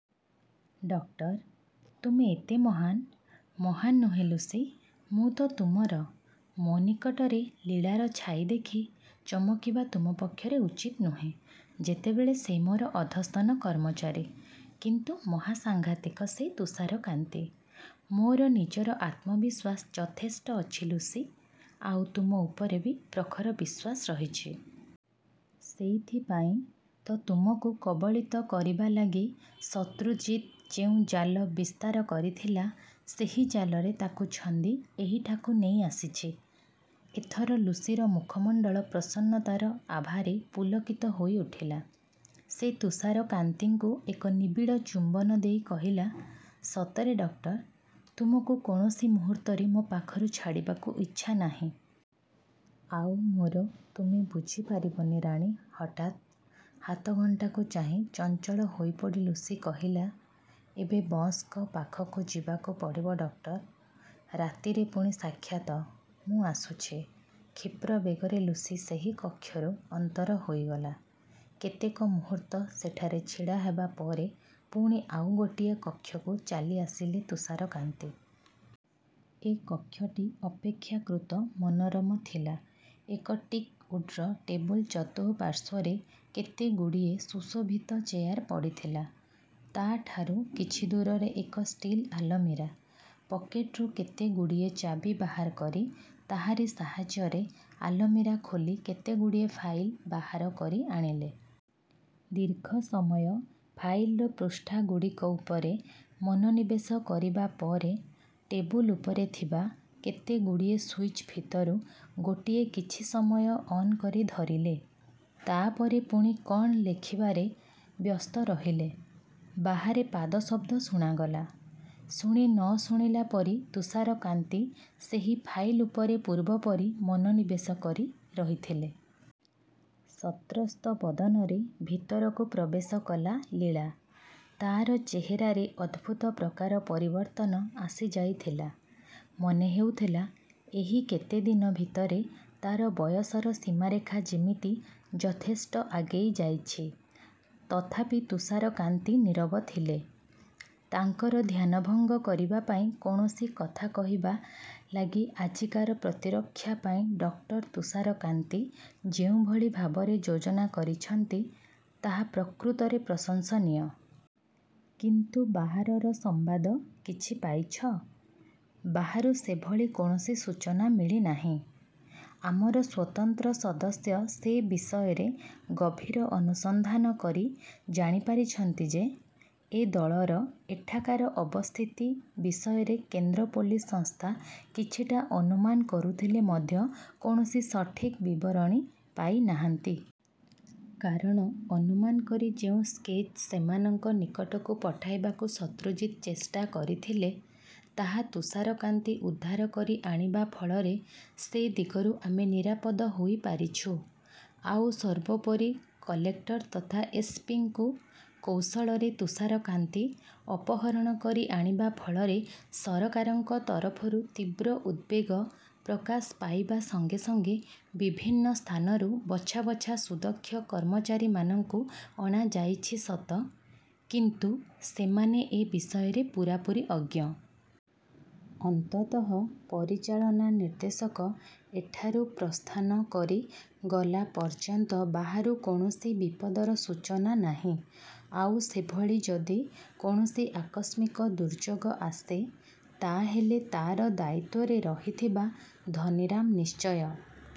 Doctor... ତୁମେ ଏତେ ମହାନ୍! ମହାନ୍ ନୁହେଁ ଲୁସି, ମୁଁ ତ ତୁମର। ମୋ ନିକଟରେ ଲୀଳାର ଛାଇ ଦେଖି ଚମକିବା ତୁମ ପକ୍ଷରେ ଉଚିତ୍ ନୁହେଁ, ଯେତେବେଳେ ସେ ମୋର ଅଧସ୍ତନ କର୍ମଚାରୀ। କିନ୍ତୁ ମହାସାଙ୍ଘାତିକ ସେ ତୁଷାରକାନ୍ତି! ମୋର ନିଜର ଆତ୍ମବିଶ୍ୱାସ ଯଥେଷ୍ଟ ଅଛି ଲୁସି, ଆଉ ତୁମ ଉପରେ ବି ପ୍ରଖର ବିଶ୍ୱାସ ରହିଛି। ସେଇଥିପାଇଁ ତ ତୁମକୁ କବଳିତ କରିବା ଲାଗି ଶତ୍ରୁଜିତ୍ ଯେଉଁ ଜାଲ ବିସ୍ତାର କରିଥିଲା, ସେହି ଜାଲରେ ତାକୁ ଛନ୍ଦି ଏହିଠାକୁ ନେଇ ଆସିଛି। ଏଥର ଲୁସିର ମୁଖମଣ୍ଡଳ ପ୍ରସନ୍ନତାର ଆଭାରେ ପୁଲକିତ ହୋଇଉଠିଲା। ସେ ତୁଷାରକାନ୍ତିଙ୍କୁ ଏକ ନିବିଡ଼ ଚୁମ୍ବନ ଦେଇ କହିଲା, ସତରେ ଡକ୍ଟର, ତୁମକୁ କୌଣସି ମୁହୂର୍ତ୍ତରେ ମୋ ପାଖରୁ ଛାଡ଼ିବାକୁ ଇଚ୍ଛା ନାହିଁ। ଆଉ ମୋର ତୁମେ ବୁଝିପାରିବନି ରାଣୀ ହଠାତ୍ ହାତଘଣ୍ଟାକୁ ଚାହିଁ ଚଞ୍ଚଳ ହୋଇପଡ଼ି ଲୁସି କହିଲା, ଏବେ ବସ୍‌ଙ୍କ ପାଖକୁ ଯିବାକୁ ପଡ଼ିବ ଡକ୍ଟର। ରାତିରେ ପୁଣି ସାକ୍ଷାତ, ମୁଁ ଆସୁଛି। କ୍ଷିପ୍ର ବେଗରେ ଲୁସି ସେହି କକ୍ଷରୁ ଅନ୍ତର ହୋଇଗଲା। କେତେକ ମୁହୂର୍ତ୍ତ ସେଠାରେ ଛିଡ଼ା ହେବା ପରେ ପୁଣି ଆଉ ଗୋଟିଏ କକ୍ଷକୁ ଚାଲିଆସିଲେ ତୁଷାରକାନ୍ତି। ଏ କକ୍ଷଟି ଅପେକ୍ଷାକୃତ ମନୋରମ ଥିଲା। ଏକ ଟିକ୍ ଉଡ୍‌ର ଟେବୁଲ୍ ଚତୁଃପାର୍ଶ୍ୱରେ କେତେଗୁଡ଼ିଏ ସୁଶୋଭିତ ଚେୟାର ପଡ଼ିଥିଲା। ତା’ ଠାରୁ କିଛି ଦୂରରେ ଏକ ଷ୍ଟିଲ୍ ଆଲମିରା। ପକେଟ୍‌ରୁ କେତେଗୁଡ଼ିଏ ଚାବି ବାହାର କରି ତାହାରି ସାହାଯ୍ୟରେ ଆଲମିରା ଖୋଲି କେତେଗୁଡ଼ିଏ ଫାଇଲ୍ ବାହାର କରି ଆଣିଲେ। ଦୀର୍ଘ ସମୟ ଫାଇଲ୍‌ର ପୃଷ୍ଠାଗୁଡ଼ିକ ଉପରେ ମନୋନିବେଶ କରିବା ପରେ, ଟେବୁଲ୍ ଉପରେ ଥିବା କେତେଗୁଡ଼ିଏ ସୁଇଚ୍ ଭିତରୁ ଗୋଟିଏ କିଛି ସମୟ ଅନ୍ କରି ଧରିଲେ। ତା’ ପରେ ପୁଣି କ’ଣ ଲେଖିବାରେ ବ୍ୟସ୍ତ ରହିଲେ। ବାହାରେ ପାଦଶବ୍ଦ ଶୁଣାଗଲା। ଶୁଣି ନ ଶୁଣିଲା ପରି ତୁଷାରକାନ୍ତି ସେହି ଫାଇଲ୍ ଉପରେ ପୂର୍ବ ପରି ମନୋନିବେଶ କରି ରହିଥିଲେ। ସତ୍ରସ୍ତ ବଦନରେ ଭିତରକୁ ପ୍ରବେଶ କଲା ଲୀଳା। ତା’ର ଚେହେରାରେ ଅଦ୍ଭୁତ ପ୍ରକାର ପରିବର୍ତ୍ତନ ଆସିଯାଇଥିଲା। ମନେ ହେଉଥିଲା, ଏହି କେତେ ଦିନ ଭିତରେ ତା’ର ବୟସର ସୀମାରେଖା ଯେମିତି ଯଥେଷ୍ଟ ଆଗେଇ ଯାଇଛି। ତଥାପି ତୁଷାରକାନ୍ତି ନୀରବ ଥିଲେ। ତାଙ୍କର ଧ୍ୟାନଭଙ୍ଗ କରିବା ପାଇଁ କୌଣସି କଥା କହିବା ଲାଗି ଆଜିକାର ପ୍ରତିରକ୍ଷା ପାଇଁ ଡକ୍ଟର ତୁଷାରକାନ୍ତି ଯେଉଁଭଳି ଭାବରେ ଯୋଜନା କରିଛନ୍ତି, ତାହା ପ୍ରକୃତରେ ପ୍ରଶଂସନୀୟ। କିନ୍ତୁ ବାହାରର ସମ୍ବାଦ କିଛି ପାଇଛ? ବାହାରୁ ସେଭଳି କୌଣସି ସୂଚନା ମିଳି ନାହିଁ। ଆମର ସ୍ୱତନ୍ତ୍ର ସଦସ୍ୟ ସେ ବିଷୟରେ ଗଭୀର ଅନୁସନ୍ଧାନ କରି ଜାଣିପାରିଛନ୍ତି ଯେ, ଏ ଦଳର ଏଠାକାର ଅବସ୍ଥିତି ବିଷୟରେ କେନ୍ଦ୍ର ପୋଲିସ ସଂସ୍ଥା କିଛିଟା ଅନୁମାନ କରୁଥିଲେ ମଧ୍ୟ କୌଣସି ସଠିକ୍ ବିବରଣୀ ପାଇ ନାହାନ୍ତି। କାରଣ ଅନୁମାନ କରି ଯେଉଁ ସ୍କେଚ୍ ସେମାନଙ୍କ ନିକଟକୁ ପଠାଇବାକୁ ଶତ୍ରୁଜିତ୍ ଚେଷ୍ଟା କରିଥିଲେ, ତାହା ତୁଷାରକାନ୍ତି ଉଦ୍ଧାର କରି ଆଣିବା ଫଳରେ ସେ ଦିଗରୁ ଆମେ ନିରାପଦ ହୋଇପାରିଛୁ। ଆଉ ସର୍ବୋପରି କଲେକ୍ଟର ତଥା ଏସ୍ ପି ଙ୍କୁ କୌଶଳରେ ତୁଷାରକାନ୍ତି ଅପହରଣ କରି ଆଣିବା ଫଳରେ ସରକାରଙ୍କ ତରଫରୁ ତୀବ୍ର ଉଦ୍‌ବେଗ ପ୍ରକାଶ ପାଇବା ସଙ୍ଗେ ସଙ୍ଗେ ବିଭିନ୍ନ ସ୍ଥାନରୁ ବଛା ବଛା ସୁଦକ୍ଷ କର୍ମଚାରୀମାନଙ୍କୁ ଅଣାଯାଇଛି ସତ, କିନ୍ତୁ ସେମାନେ ଏ ବିଷୟରେ ପୂରାପୂରି ଅଜ୍ଞ। ଅନ୍ତତଃ ପରିଚାଳନା ନିର୍ଦ୍ଦେଶକ ଏଠାରୁ ପ୍ରସ୍ଥାନ କରି ଗଲା ପର୍ଯ୍ୟନ୍ତ ବାହାରୁ କୌଣସି ବିପଦର ସୂଚନା ନାହିଁ। ଆଉ ସେଭଳି ଯଦି କୌଣସି ଆକସ୍ମିକ ଦୁର୍ଯୋଗ ଆସେ, ତା’ ହେଲେ ତା’ର ଦାୟିତ୍ୱରେ ରହିଥିବା ଧନୀରାମ ନିଶ୍ଚୟ